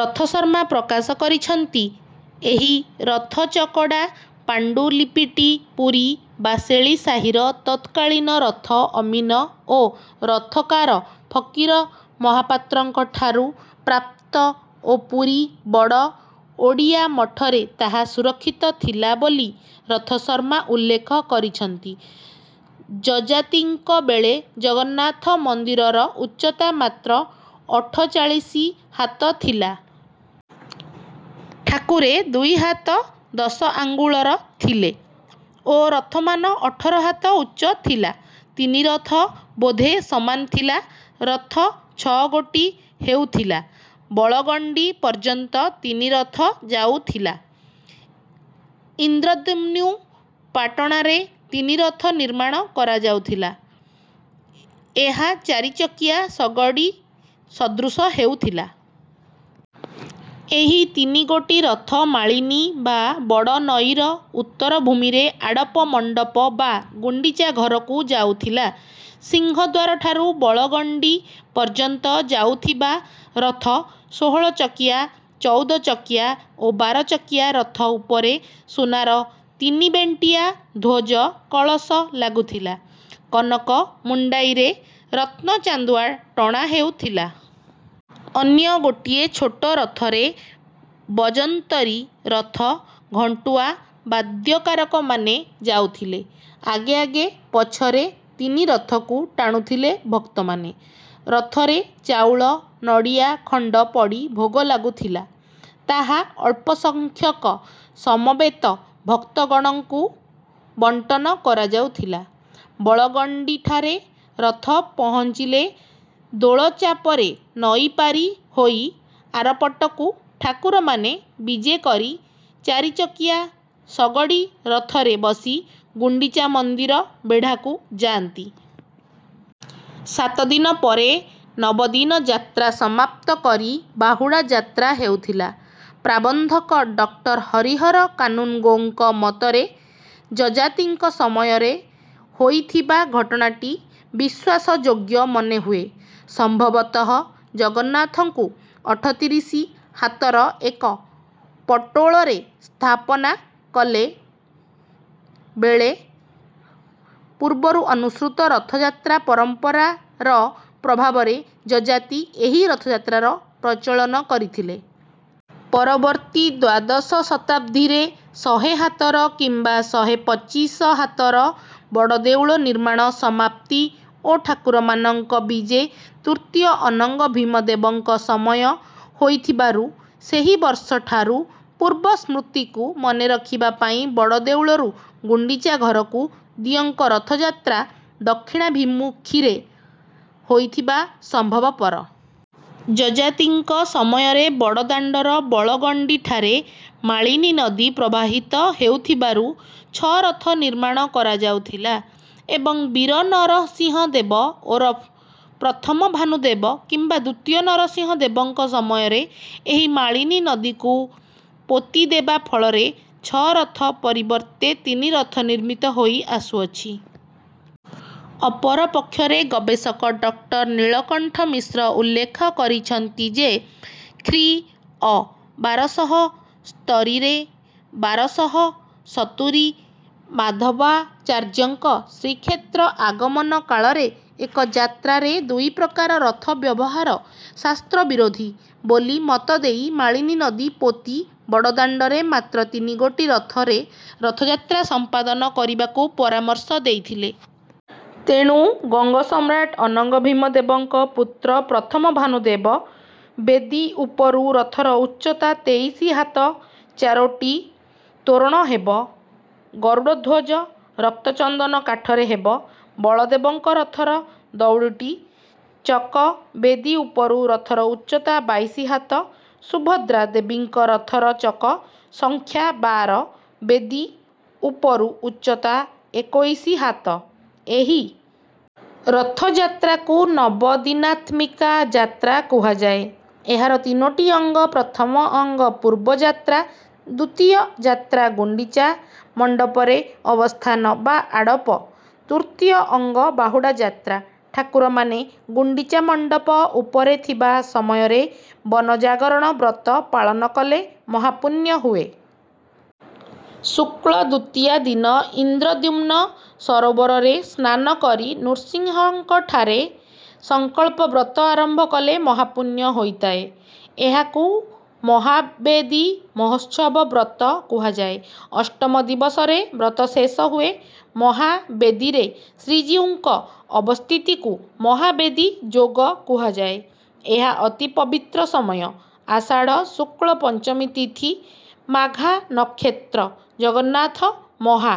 ରଥଶର୍ମା ପ୍ରକାଶ କରିଛନ୍ତି। ଏହି ରଥଚକଡ଼ା ପାଣ୍ଡୁଲିପିଟି ପୁରୀ ବାସେଳି ସାହିର ତତ୍କାଳୀନ ରଥ ଅମୀନ ଓ ରଥକାର ଫକୀର ମହାପାତ୍ରଙ୍କଠାରୁ ପ୍ରାପ୍ତ ଓ ପୁରୀ ବଡ଼ ଓଡ଼ିଆ ମଠରେ ତାହା ସୁରକ୍ଷିତ ଥିଲା ବୋଲି ରଥଶର୍ମା ଉଲ୍ଲେଖ କରିଛନ୍ତି। ଯଯାତିଙ୍କ ବେଳେ ଜଗନ୍ନାଥ ମନ୍ଦିରର ଉଚ୍ଚତା ମାତ୍ର ଅଠଚାଳିଶି ହାତ ଥିଲା। ଠାକୁରେ ଦୁଇ ହାତ ଦଶ ଆଙ୍ଗୁଳର ଥିଲେ ଓ ରଥମାନ ଅଠର ହାତ ଉଚ୍ଚ ଥିଲା। ତିନି ରଥ ବୋଧେ ସମାନ ଥିଲା। ରଥ ଛଅଗୋଟି ହେଉଥିଲା। ବଳଗଣ୍ଡି ପର୍ଯ୍ୟନ୍ତ ତିନି ରଥ ଯାଉଥିଲା। ଇନ୍ଦ୍ରଦ୍ୟୁମ୍ନ ପାଟଣାରେ ତିନି ରଥ ନିର୍ମାଣ କରାଯାଉଥିଲା। ଏହା ଚାରିଚକିଆ ଶଗଡ଼ି ସଦୃଶ ହେଉଥିଲା। ଏହି ତିନିଗୋଟି ରଥ ମାଳିନୀ ବା ବଡ଼ନଈର ଉତ୍ତର ଭୂମିରେ ଆଡ଼ପ ମଣ୍ଡପ ବା ଗୁଣ୍ଡିଚା ଘରକୁ ଯାଉଥିଲା। ସିଂହଦ୍ୱାରଠାରୁ ବଳଗଣ୍ଡି ପର୍ଯ୍ୟନ୍ତ ଯାଉଥିବା ରଥ ଷୋହଳଚକିଆ, ଚଉଦଚକିଆ ଓ ବାରଚକିଆ। ରଥ ଉପରେ ସୁନାର ତିନିବେଣ୍ଟିଆ ଧ୍ୱଜ କଳସ ଲାଗୁଥିଲା। କନକ ମୁଣ୍ଡାଇରେ ରତ୍ନ ଚାନ୍ଦୁଆ ଟଣା ହେଉଥିଲା। ଅନ୍ୟ ଗୋଟିଏ ଛୋଟ ରଥରେ ବଜନ୍ତରି, ରଥ ଘଣ୍ଟୁଆ, ବାଦ୍ୟକାରମାନେ ଯାଉଥିଲେ ଆଗେ ଆଗେ। ପଛରେ ତିନି ରଥକୁ ଟାଣୁଥିଲେ ଭକ୍ତମାନେ। ରଥରେ ଚାଉଳ, ନଡ଼ିଆ ଖଣ୍ଡ ପଡ଼ି ଭୋଗ ଲାଗୁଥିଲା। ତାହା ଅଳ୍ପ ସଂଖ୍ୟକ ସମବେତ ଭକ୍ତଗଣଙ୍କୁ ବଣ୍ଟନ କରାଯାଉଥିଲା। ବଳଗଣ୍ଡିଠାରେ ରଥ ପହଞ୍ଚିଲେ ଦୋଳଚାପରେ ନଈ ପାରି ହୋଇ ଆରପଟକୁ ଠାକୁରମାନେ ବିଜେ କରି ଚାରିଚକିଆ ଶଗଡ଼ି ରଥରେ ବସି ଗୁଣ୍ଡିଚା ମନ୍ଦିର ବେଢ଼ାକୁ ଯାଆନ୍ତି। ସାତ ଦିନ ପରେ ନବଦିନ ଯାତ୍ରା ସମାପ୍ତ କରି ବାହୁଡ଼ା ଯାତ୍ରା ହେଉଥିଲା ପ୍ରାବନ୍ଧକ ଡକ୍ଟର ହରିହର କାନୁନ୍‌ଗୋଙ୍କ ମତରେ ଯଯାତିଙ୍କ ସମୟରେ ହୋଇଥିବା ଘଟଣାଟି ବିଶ୍ୱାସଯୋଗ୍ୟ ମନେହୁଏ। ସମ୍ଭବତଃ ଜଗନ୍ନାଥଙ୍କୁ ଅଠତିରିଶି ହାତର ଏକ ପଟୋଳରେ ସ୍ଥାପନା କଲେ ବେଳେ ପୂର୍ବରୁ ଅନୁସୃତ ରଥଯାତ୍ରା ପରମ୍ପରାର ପ୍ରଭାବରେ ଯଯାତି ଏହି ରଥଯାତ୍ରାର ପ୍ରଚଳନ କରିଥିଲେ। ପରବର୍ତ୍ତୀ ଦ୍ୱାଦଶ ଶତାବ୍ଦୀରେ ଶହେ ହାତର କିମ୍ବା ଶହେ ପଚିଶ ହାତର ବଡ଼ଦେଉଳ ନିର୍ମାଣ ସମାପ୍ତି ଓ ଠାକୁରମାନଙ୍କ ବିଜେ ତୃତୀୟ ଅନଙ୍ଗଭୀମ ଦେବଙ୍କ ସମୟ ହୋଇଥିବାରୁ ସେହି ବର୍ଷଠାରୁ ପୂର୍ବ ସ୍ମୃତିକୁ ମନେ ରଖିବା ପାଇଁ ବଡ଼ଦେଉଳରୁ ଗୁଣ୍ଡିଚା ଘରକୁ ଦିଅଁଙ୍କର ରଥଯାତ୍ରା ଦକ୍ଷିଣାଭିମୁଖୀରେ ହୋଇଥିବା ସମ୍ଭବପର। ଯଯାତିଙ୍କ ସମୟରେ ବଡ଼ଦାଣ୍ଡର ବଳଗଣ୍ଡିଠାରେ ମାଳିନୀ ନଦୀ ପ୍ରବାହିତ ହେଉଥିବାରୁ ଛଅ ରଥ ନିର୍ମାଣ କରାଯାଉଥିଲା ଏବଂ ବୀର ନରସିଂହ ଦେବ ଓରଫ ପ୍ରଥମ ଭାନୁଦେବ କିମ୍ବା ଦ୍ୱିତୀୟ ନରସିଂହ ଦେବଙ୍କ ସମୟରେ ଏହି ମାଳିନୀ ନଦୀକୁ ପୋତି ଦେବା ଫଳରେ ଛଅ ରଥ ପରିବର୍ତ୍ତେ ତିନି ରଥ ନିର୍ମିତ ହୋଇ ଆସୁଅଛି। ଅପରପକ୍ଷରେ ଗବେଷକ ଡକ୍ଟର ନୀଳକଣ୍ଠ ମିଶ୍ର ଉଲ୍ଲେଖ କରିଛନ୍ତି ଯେ, ଖ୍ରୀ.ଅ. ବାରଶହ ସ୍ତରୀରେ ବାରଶହସତୁରି ମାଧବାଚାର୍ଯ୍ୟଙ୍କ ଶ୍ରୀକ୍ଷେତ୍ର ଆଗମନ କାଳରେ ଏକ ଯାତ୍ରାରେ ଦୁଇ ପ୍ରକାର ରଥ ବ୍ୟବହାର ଶାସ୍ତ୍ର-ବିରୋଧୀ ବୋଲି ମତ ଦେଇ ମାଳିନୀ ନଦୀ ପୋତି ବଡ଼ଦାଣ୍ଡରେ ମାତ୍ର ତିନିଗୋଟି ରଥରେ ରଥଯାତ୍ରା ସମ୍ପାଦନ କରିବାକୁ ପରାମର୍ଶ ଦେଇଥିଲେ। ତେଣୁ ଗଙ୍ଗ ସମ୍ରାଟ ଅନଙ୍ଗ ଭୀମ ଦେବଙ୍କ ପୁତ୍ର ପ୍ରଥମ ଭାନୁଦେବ, ବେଦୀ ଉପରୁ ରଥର ଉଚ୍ଚତା ତେଇଶି ହାତ, ଚାରୋଟି ତୋରଣ ହେବ। ଗରୁଡ଼ଧ୍ୱଜ ରକ୍ତଚନ୍ଦନ କାଠରେ ହେବ। ବଳଦେବଙ୍କ ରଥର ଚଉଦଟି ଚକ, ବେଦୀ ଉପରୁ ରଥର ଉଚ୍ଚତା ବାଇଶି ହାତ। ସୁଭଦ୍ରା ଦେବୀଙ୍କ ରଥର ଚକ ସଂଖ୍ୟା ବାର, ବେଦୀ ଉପରୁ ଉଚ୍ଚତା ଏକୋଇଶି ହାତ। ଏହି ରଥଯାତ୍ରାକୁ ନବଦିନାତ୍ମିକା ଯାତ୍ରା କୁହାଯାଏ। ଏହାର ତିନୋଟି ଅଙ୍ଗ: ପ୍ରଥମ ଅଙ୍ଗ ପୂର୍ବ ଯାତ୍ରା, ଦ୍ୱିତୀୟ ଯାତ୍ରା ଗୁଣ୍ଡିଚା ମଣ୍ଡପରେ ଅବସ୍ଥାନ ବା ଆଡ଼ପ, ତୃତୀୟ ଅଙ୍ଗ ବାହୁଡ଼ା ଯାତ୍ରା। ଠାକୁରମାନେ ଗୁଣ୍ଡିଚା ମଣ୍ଡପ ଉପରେ ଥିବା ସମୟରେ ବନ ଜାଗରଣ ବ୍ରତ ପାଳନ କଲେ ମହାପୁଣ୍ୟ ହୁଏ। ଶୁକ୍ଳ ଦ୍ୱିତୀୟା ଦିନ ଇନ୍ଦ୍ରଦ୍ୟୁମ୍ନ ସରୋବରରେ ସ୍ନାନ କରି ନୃସିଂହଙ୍କଠାରେ ସଂକଳ୍ପ ବ୍ରତ ଆରମ୍ଭ କଲେ ମହାପୁଣ୍ୟ ହୋଇଥାଏ। ଏହାକୁ ମହାବେଦୀ ମହୋତ୍ସବ ବ୍ରତ କୁହାଯାଏ। ଅଷ୍ଟମ ଦିବସରେ ବ୍ରତ ଶେଷ ହୁଏ। ମହାବେଦୀରେ ଶ୍ରୀଜ୍ୟୁଙ୍କ ଅବସ୍ଥିତିକୁ ମହାବେଦୀ ଯୋଗ କୁହାଯାଏ। ଏହା ଅତି ପବିତ୍ର ସମୟ। ଆଷାଢ଼ ଶୁକ୍ଳ ପଞ୍ଚମୀ ତିଥି, ମାଘା ନକ୍ଷତ୍ର, ଜଗନ୍ନାଥ ମହା...